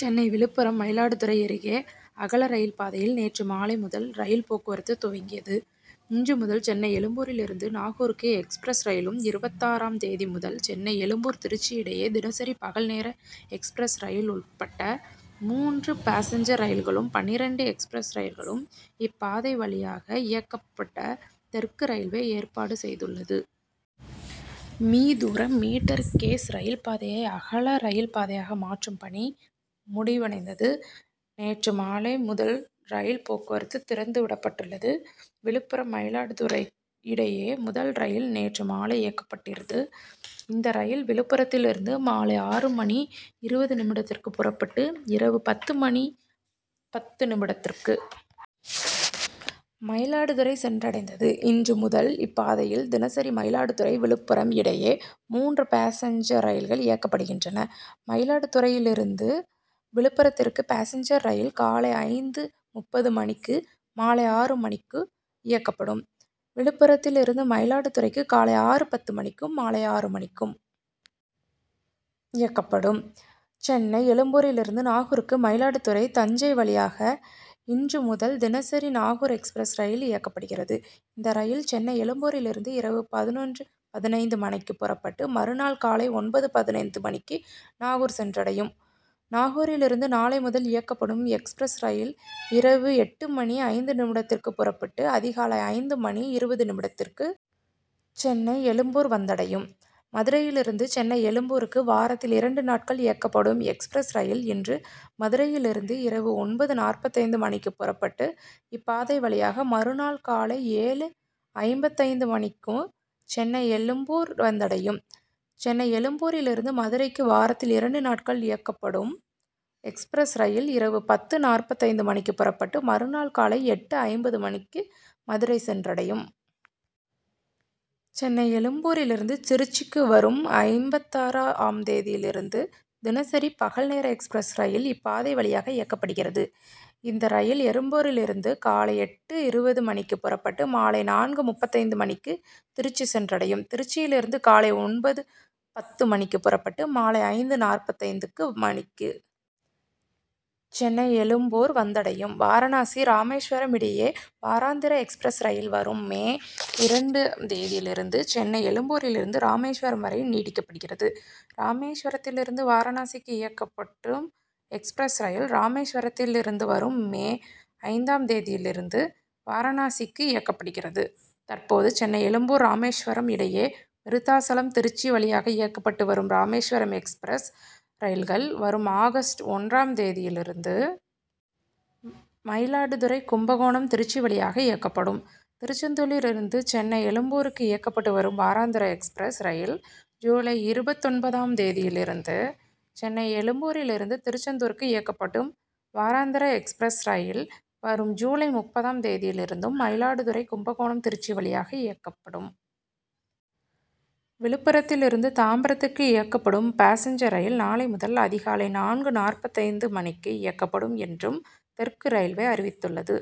சென்னை விழுப்புரம் மயிலாடுதுறை இடையே அகல ரயில் பாதையில் நேற்று மாலை முதல் ரயில் போக்குவரத்து துவங்கியது. இன்று முதல் சென்னை எழும்பூரிலிருந்து நாகூருக்கு எக்ஸ்பிரஸ் ரயிலும் இருபத்தாறு ஆம் தேதி முதல் சென்னை எழும்பூர் திருச்சி இடையே தினசரி பகல் நேர எக்ஸ்பிரஸ் ரயில் உட்பட மூன்று பாசஞ்சர் ரயில்களும் பன்னிரண்டு எக்ஸ்பிரஸ் ரயில்களும் இப்பாதை வழியாக இயக்கப்பட தெற்கு ரயில்வே ஏற்பாடு செய்துள்ளது. மீ. தூரம் மீட்டர் கேஜ் ரயில் பாதையை அகல ரயில் பாதையாக மாற்றும் பணி முடிவடைந்து நேற்று மாலை முதல் ரயில் போக்குவரத்துக்கு திறந்து விடப்பட்டுள்ளது. விழுப்புரம் மயிலாடுதுறை இடையே முதல் ரயில் நேற்று மாலை இயக்கப்பட்டது. இந்த ரயில் விழுப்புரத்திலிருந்து மாலைஆறு மணி இருபது நிமிடத்திற்கு புறப்பட்டு இரவு பத்து மணி பத்து நிமிடத்திற்கு. மயிலாடுதுறை சென்றடைந்தது. இன்று முதல் இப்பாதையில் தினசரி மயிலாடுதுறை விழுப்புரம் இடையே மூன்று பாசஞ்சர் ரயில்கள் இயக்கப்படுகின்றன. மயிலாடுதுறையிலிருந்து விழுப்புரத்திற்கு பாசஞ்சர் ரயில் காலை ஐந்து முப்பது மணிக்கு, மாலை ஆறு மணிக்கு. இயக்கப்படும். விழுப்புரத்திலிருந்து மயிலாடுதுறைக்கு காலை ஆறு பத்து மணிக்கும், மாலை ஆறு மணிக்கும். இயக்கப்படும். சென்னை எழும்பூரிலிருந்து நாகூருக்கு மயிலாடுதுறை தஞ்சை வழியாக இன்று முதல் தினசரி நாகூர் எக்ஸ்பிரஸ் ரயில் இயக்கப்படுகிறது. இந்த ரயில் சென்னை எழும்பூரிலிருந்து இரவு பதினொன்று பதினைந்து மணிக்கு புறப்பட்டு, மறுநாள் காலை ஒன்பது பதினைந்து மணிக்கு. நாகூர் சென்றடையும். நாகூரிலிருந்து நாளை முதல் இயக்கப்படும் எக்ஸ்பிரஸ் ரயில் இரவு எட்டு மணி ஐந்து நிமிடத்திற்கு புறப்பட்டு, அதிகாலை ஐந்து மணி இருபது நிமிடத்திற்கு. சென்னை எழும்பூர் வந்தடையும். மதுரையிலிருந்து சென்னை எழும்பூருக்கு வாரத்தில் இரண்டு நாட்கள் இயக்கப்படும் எக்ஸ்பிரஸ் ரயில் இன்று மதுரையிலிருந்து இரவு ஒன்பது நாற்பத்தைந்து மணிக்கு புறப்பட்டு, இப்பாதை வழியாக மறுநாள் காலை ஏழு ஐம்பத்தைந்து மணிக்கு. சென்னை எழும்பூர் வந்தடையும். சென்னை எழும்பூரிலிருந்து மதுரைக்கு வாரத்தில் இரண்டு நாட்கள் இயக்கப்படும் எக்ஸ்பிரஸ் ரயில் இரவு பத்து நாற்பத்தைந்து மணிக்கு புறப்பட்டு, மறுநாள் காலை எட்டு ஐம்பது மணிக்கு மதுரை சென்றடையும். சென்னை எழும்பூரிலிருந்து திருச்சிக்கு வரும் ஐம்பத்தாரம் ஆம் தேதியிலிருந்து. தினசரி பகல் நேர எக்ஸ்பிரஸ் ரயில் இப்பாதை வழியாக இயக்கப்படுகிறது. இந்த ரயில் எழும்பூரிலிருந்து காலை எட்டு இருபது மணிக்கு புறப்பட்டு, மாலை நான்கு முப்பத்தைந்து மணிக்கு. திருச்சி சென்றடையும். திருச்சியிலிருந்து காலை ஒன்பது பத்து மணிக்கு புறப்பட்டு, மாலை ஐந்து நாற்பத்தைந்து மணிக்கு. சென்னை எழும்பூர் வந்தடையும். வாரணாசி ராமேஸ்வரம் இடையே வாராந்திர எக்ஸ்பிரஸ் ரயில் வரும் மே இரண்டு ஆம் தேதியிலிருந்து. சென்னை எழும்பூரிலிருந்து ராமேஸ்வரம் வரை நீட்டிக்கப்படுகிறது. ராமேஸ்வரத்திலிருந்து வாரணாசிக்கு இயக்கப்படும் எக்ஸ்பிரஸ் ரயில் ராமேஸ்வரத்தில் வரும் மே ஐந்து ஆம் தேதியிலிருந்து. வாரணாசிக்கு இயக்கப்படுகிறது. தற்போது சென்னை எழும்பூர் ராமேஸ்வரம் இடையே விருத்தாசலம் திருச்சி வழியாக இயக்கப்பட்டு வரும் ராமேஸ்வரம் எக்ஸ்பிரஸ் ரயில்கள் வரும் ஆகஸ்ட் ஒன்று ஆம்.தேதியிலிருந்து மயிலாடுதுறை கும்பகோணம் திருச்சி வழியாக இயக்கப்படும். திருச்செந்தூரிலிருந்து சென்னை எழும்பூருக்கு இயக்கப்பட்டு வரும் வாராந்திர எக்ஸ்பிரஸ் ரயில் வரும் ஜூலை இருபத்தொன்பது ஆம் தேதியிலிருந்தும் சென்னை எழும்பூரிலிருந்து திருச்செந்தூருக்கு இயக்கப்படும் வாராந்திர எக்ஸ்பிரஸ் ரயில் வரும் ஜூலை முப்பது ஆம் தேதியிலிருந்தும் மயிலாடுதுறை கும்பகோணம் திருச்சி வழியாக இயக்கப்படும். விழுப்புரத்திலிருந்து தாம்பரத்திற்கு இயக்கப்படும் பாசஞ்சர் ரயில் நாளை முதல் அதிகாலை நான்கு நாற்பத்தைந்து மணிக்கு இயக்கப்படும் என்றும் தெற்கு ரயில்வே தெரிவித்துள்ளது.